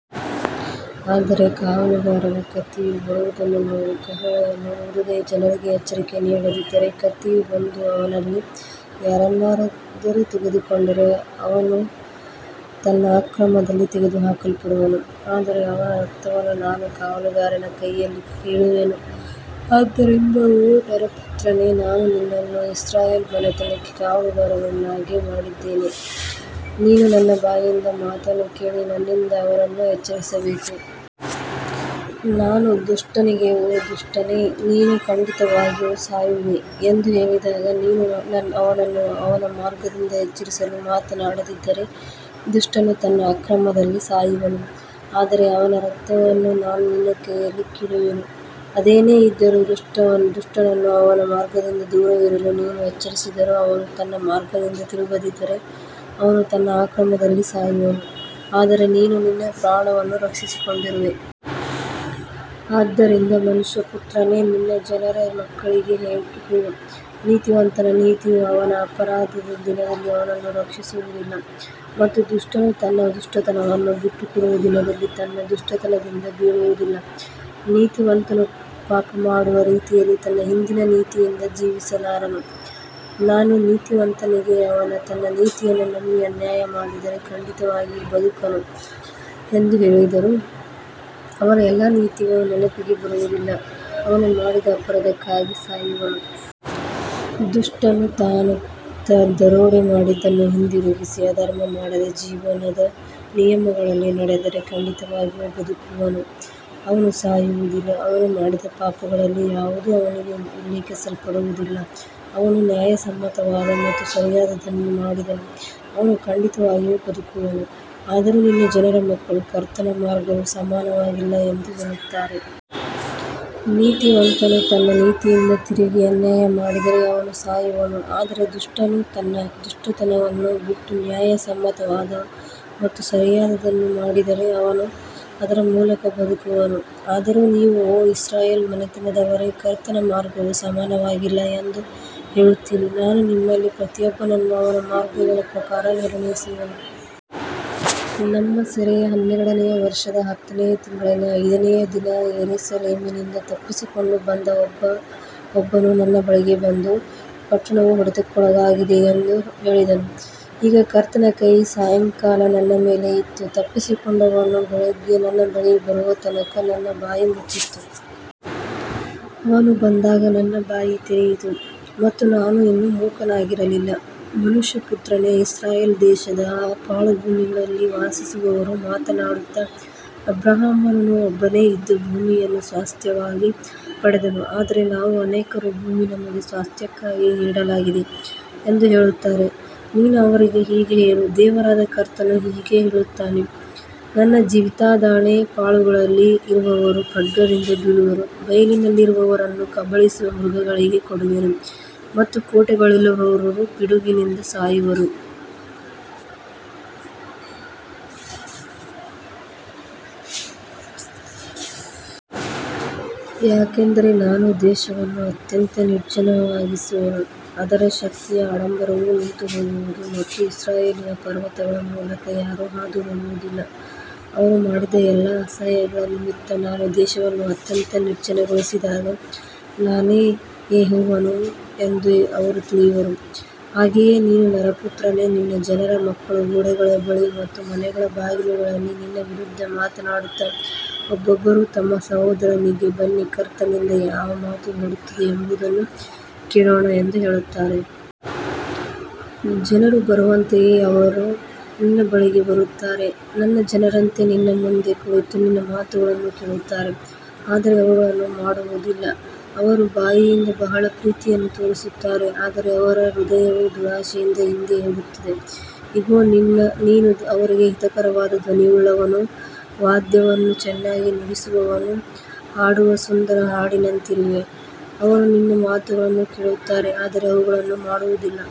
ಆದರೆ ಕಾವಲುಗಾರನು ಕತ್ತಿಯು ಬರುವುದನ್ನು ನೋಡಿ ಕಹಳೆಯನ್ನು ಊದದೆ ಜನರಿಗೆ ಎಚ್ಚರಿಕೆ ನೀಡದಿದ್ದರೆ, ಕತ್ತಿಯು ಬಂದು ಅವರಲ್ಲಿ ಯಾರನ್ನಾದರೂ ತೆಗೆದುಕೊಂಡರೆ ಅವನು ತನ್ನ ಅಕ್ರಮದಲ್ಲಿ ತೆಗೆದುಹಾಕಲ್ಪಡುವನು, ಆದರೆ ಅವನ ರಕ್ತವನ್ನು ನಾನು ಕಾವಲುಗಾರನ ಕೈಯಲ್ಲಿ ಕೇಳುವೆನು. ಆದ್ದರಿಂದ ಓ ನರಪುತ್ರನೇ, ನಾನು ನಿನ್ನನ್ನು ಇಸ್ರಾಯೇಲ್ ಮನೆತನಕ್ಕೆ ಕಾವಲುಗಾರನನ್ನಾಗಿ ಮಾಡಿದ್ದೇನೆ, ನೀನು ನನ್ನ ಬಾಯಿಂದ ಮಾತನ್ನು ಕೇಳಿ ನನ್ನಿಂದ ಅವರನ್ನು ಎಚ್ಚರಿಸಬೇಕು. ನಾನು ದುಷ್ಟನಿಗೆ, ಓ ದುಷ್ಟನೇ, ನೀನು ಖಂಡಿತವಾಗಿಯೂ ಸಾಯುವೆ ಎಂದು ಹೇಳಿದಾಗ, ನೀನು ಅವನನ್ನು ಅವನ ಮಾರ್ಗದಿಂದ ಎಚ್ಚರಿಸಲು ಮಾತನಾಡದಿದ್ದರೆ ದುಷ್ಟನು ತನ್ನ ಅಕ್ರಮದಲ್ಲಿ ಸಾಯುವನು, ಆದರೆ ಅವನ ರಕ್ತವನ್ನು ನಾನು ನಿನ್ನ ಕೈಯಲ್ಲಿ ಕೇಳುವೆನು. ಅದೇನೇ ಇದ್ದರೂ, ದುಷ್ಟನನ್ನು ಅವನ ಮಾರ್ಗದಿಂದ ದೂರವಿರಲು ನೀನು ಎಚ್ಚರಿಸಿದರೂ ಅವನು ತನ್ನ ಮಾರ್ಗದಿಂದ ತಿರುಗದಿದ್ದರೆ, ಅವನು ತನ್ನ ಅಕ್ರಮದಲ್ಲಿ ಸಾಯುವನು, ಆದರೆ ನೀನು ನಿನ್ನ ಪ್ರಾಣವನ್ನು ರಕ್ಷಿಸಿಕೊಂಡಿರುವೆ. ಆದ್ದರಿಂದ ಮನುಷ್ಯಪುತ್ರನೇ, ನಿನ್ನ ಜನರ ಮಕ್ಕಳಿಗೆ ಹೇಳು, ನೀತಿವಂತನ ನೀತಿಯು ಅವನ ಅಪರಾಧದ ದಿನದಲ್ಲಿ ಅವನನ್ನು ರಕ್ಷಿಸುವುದಿಲ್ಲ ಮತ್ತು ದುಷ್ಟನು ತನ್ನ ದುಷ್ಟತನವನ್ನು ಬಿಟ್ಟುಬಿಡುವ ದಿನದಲ್ಲಿ ತನ್ನ ದುಷ್ಟತನದಿಂದ ಬೀಳುವುದಿಲ್ಲ. ನೀತಿವಂತನು ಪಾಪಮಾಡುವ ದಿನದಲ್ಲಿ ತನ್ನ ಹಿಂದಿನ ನೀತಿಯಿಂದ ಜೀವಿಸಲಾರನು. ನಾನು ನೀತಿವಂತನಿಗೆ, ಅವನು ತನ್ನ ನೀತಿಯನ್ನು ನಂಬಿ ಅನ್ಯಾಯ ಮಾಡಿದರೆ ಖಂಡಿತವಾಗಿಯೂ ಬದುಕುವನು ಎಂದು ಹೇಳಿದರೂ, ಅವನ ಎಲ್ಲಾ ನೀತಿಗಳು ನೆನಪಿಗೆ ಬರುವುದಿಲ್ಲ, ಅವನು ಮಾಡಿದ ಅಪರಾಧಕ್ಕಾಗಿ ಸಾಯುವನು. ದುಷ್ಟನು ತಾನು ದರೋಡೆ ಮಾಡಿದದ್ದನ್ನು ಹಿಂದಿರುಗಿಸಿ, ಅಧರ್ಮ ಮಾಡದೆ ಜೀವನದ ನಿಯಮಗಳಲ್ಲಿ ನಡೆದರೆ ಖಂಡಿತವಾಗಿಯೂ ಬದುಕುವನು, ಅವನು ಸಾಯುವುದಿಲ್ಲ. ಅವನು ಮಾಡಿದ ಪಾಪಗಳಲ್ಲಿ ಯಾವುದೂ ಅವನಿಗೆ ಉಲ್ಲೇಖಿಸಲ್ಪಡುವುದಿಲ್ಲ, ಅವನು ನ್ಯಾಯಸಮ್ಮತವಾದ ಮತ್ತು ಸರಿಯಾದದ್ದನ್ನು ಮಾಡಿದನು, ಅವನು ಖಂಡಿತವಾಗಿಯೂ ಬದುಕುವನು. ಆದರೂ ನಿನ್ನ ಜನರ ಮಕ್ಕಳು, ಕರ್ತನ ಮಾರ್ಗವು ಸಮಾನವಾಗಿಲ್ಲ ಎಂದು ಹೇಳುತ್ತಾರೆ. ನೀತಿವಂತನು ತನ್ನ ನೀತಿಯಿಂದ ತಿರುಗಿ ಅನ್ಯಾಯ ಮಾಡಿದರೆ ಅವನು ಸಾಯುವನು, ಆದರೆ ದುಷ್ಟನು ತನ್ನ ದುಷ್ಟತನವನ್ನು ಬಿಟ್ಟು ನ್ಯಾಯಸಮ್ಮತವಾದ ಮತ್ತು ಸರಿಯಾದದ್ದನ್ನು ಮಾಡಿದರೆ ಅವನು ಅದರ ಮೂಲಕ ಬದುಕುವನು. ಆದರೂ ನೀವು, ಓ ಇಸ್ರಾಯೇಲ್ ಮನೆತನದವರೇ, ಕರ್ತನ ಮಾರ್ಗವು ಸಮಾನವಾಗಿಲ್ಲ ಎಂದು ಹೇಳುತ್ತೀರಿ. ನಾನು ನಿಮ್ಮಲ್ಲಿ ಪ್ರತಿಯೊಬ್ಬನನ್ನೂ ಅವನ ಮಾರ್ಗಗಳ ಪ್ರಕಾರ ನಿರ್ಣಯಿಸುವೆನು. ನಮ್ಮ ಸೆರೆಯ ಹನ್ನೆರಡನೆಯ ವರ್ಷದ ಹತ್ತನೆಯ ತಿಂಗಳಿನ ಐದನೆಯ ದಿನ ಯೆರೂಸಲೇಮಿನಿಂದ ತಪ್ಪಿಸಿಕೊಂಡು ಬಂದ ಒಬ್ಬನು ನನ್ನ ಬಳಿಗೆ ಬಂದು, ಪಟ್ಟಣವು ಹೊಡೆತಕ್ಕೊಳಗಾಗಿದೆ ಎಂದು ಹೇಳಿದನು. ಈಗ ಕರ್ತನ ಕೈ ಸಾಯಂಕಾಲ ನನ್ನ ಮೇಲೆ ಇತ್ತು, ತಪ್ಪಿಸಿಕೊಂಡವನು ಬೆಳಿಗ್ಗೆ ನನ್ನ ಬಳಿಗೆ ಬರುವ ತನಕ ನನ್ನ ಬಾಯಿ ಮುಚ್ಚಿತ್ತು. ಅವನು ಬಂದಾಗ ನನ್ನ ಬಾಯಿ ತೆರೆಯಿತು ಮತ್ತು ನಾನು ಇನ್ನು ಮೂಕನಾಗಿರಲಿಲ್ಲ. ಮನುಷ್ಯಪುತ್ರನೇ, ಇಸ್ರಾಯೇಲ್ ದೇಶದ ಆ ಪಾಳುಭೂಮಿಗಳಲ್ಲಿ ವಾಸಿಸುವವರು ಮಾತನಾಡುತ್ತಾ, ಅಬ್ರಹಾಮನು ಒಬ್ಬನೇ ಇದ್ದು ಭೂಮಿಯನ್ನು ಸ್ವಾಸ್ತ್ಯವಾಗಿ ಪಡೆದನು, ಆದರೆ ನಾವು ಅನೇಕರು, ಭೂಮಿ ನಮಗೆ ಸ್ವಾಸ್ತ್ಯಕ್ಕಾಗಿ ನೀಡಲಾಗಿದೆ ಎಂದು ಹೇಳುತ್ತಾರೆ. ನೀನು ಅವರಿಗೆ ಹೀಗೆ ಹೇಳು, ದೇವರಾದ ಕರ್ತನು ಹೀಗೆ ಹೇಳುತ್ತಾನೆ, ನನ್ನ ಜೀವಿತದಾಣೆ, ಪಾಳುಗಳಲ್ಲಿ ಇರುವವರು ಖಡ್ಗದಿಂದ ಬೀಳುವರು, ಬಯಲಿನಲ್ಲಿರುವವರನ್ನು ಕಬಳಿಸುವ ಮೃಗಗಳಿಗೆ ಕೊಡುವೆನು ಮತ್ತು ಕೋಟೆಗಳಲ್ಲಿರುವವರು ಪಿಡುಗಿನಿಂದ ಸಾಯುವರು. ಯಾಕಂದರೆ ನಾನು ದೇಶವನ್ನು ಅತ್ಯಂತ ನಿರ್ಜನವಾಗಿಸುವೆನು, ಅದರ ಶಕ್ತಿಯ ಆಡಂಬರವು ನಿಂತುಹೋಗುವುದು ಮತ್ತು ಇಸ್ರಾಯೇಲಿನ ಪರ್ವತಗಳ ಮೂಲಕ ಯಾರೂ ಹಾದುಹೋಗುವುದಿಲ್ಲ. ಅವರು ಮಾಡಿದ ಎಲ್ಲಾ ಅಸಹ್ಯಗಳ ನಿಮಿತ್ತ ನಾನು ದೇಶವನ್ನು ಅತ್ಯಂತ ನಿರ್ಜನಗೊಳಿಸಿದಾಗ ನಾನೇ ಯೆಹೋವನು ಎಂದು ಅವರು ತಿಳಿಯುವರು. ಹಾಗೆಯೇ ನೀನು ನರಪುತ್ರನೇ, ನಿನ್ನ ಜನರ ಮಕ್ಕಳು ಗೋಡೆಗಳ ಬಳಿ ಮತ್ತು ಮನೆಗಳ ಬಾಗಿಲುಗಳಲ್ಲಿ ನಿನ್ನ ವಿರುದ್ಧ ಮಾತನಾಡುತ್ತಾ, ಒಬ್ಬೊಬ್ಬರು ತಮ್ಮ ಸಹೋದರನಿಗೆ, ಬನ್ನಿ, ಕರ್ತನಿಂದ ಯಾವ ಮಾತು ಹೊರಡುತ್ತದೆ ಎಂಬುದನ್ನು ಕೇಳೋಣ ಎಂದು ಹೇಳುತ್ತಾರೆ. ಜನರು ಬರುವಂತೆಯೇ ಅವರು ನಿನ್ನ ಬಳಿಗೆ ಬರುತ್ತಾರೆ, ನನ್ನ ಜನರಂತೆ ನಿನ್ನ ಮುಂದೆ ಕುಳಿತು ನಿನ್ನ ಮಾತುಗಳನ್ನು ಕೇಳುತ್ತಾರೆ, ಆದರೆ ಅವುಗಳನ್ನು ಮಾಡುವುದಿಲ್ಲ. ಅವರು ಬಾಯಿಂದ ಬಹಳ ಪ್ರೀತಿಯನ್ನು ತೋರಿಸುತ್ತಾರೆ, ಆದರೆ ಅವರ ಹೃದಯವು ದುರಾಶೆಯ ಹಿಂದೆ ಹೋಗುತ್ತದೆ. ಇಗೋ, ನೀನು ಅವರಿಗೆ ಹಿತಕರವಾದ ಧ್ವನಿಯುಳ್ಳವನೂ ವಾದ್ಯವನ್ನು ಚೆನ್ನಾಗಿ ನುಡಿಸುವವನೂ ಹಾಡುವ ಸುಂದರ ಹಾಡಿನಂತಿರುವೆ. ಅವರು ನಿನ್ನ ಮಾತುಗಳನ್ನು ಕೇಳುತ್ತಾರೆ, ಆದರೆ ಅವುಗಳನ್ನು ಮಾಡುವುದಿಲ್ಲ.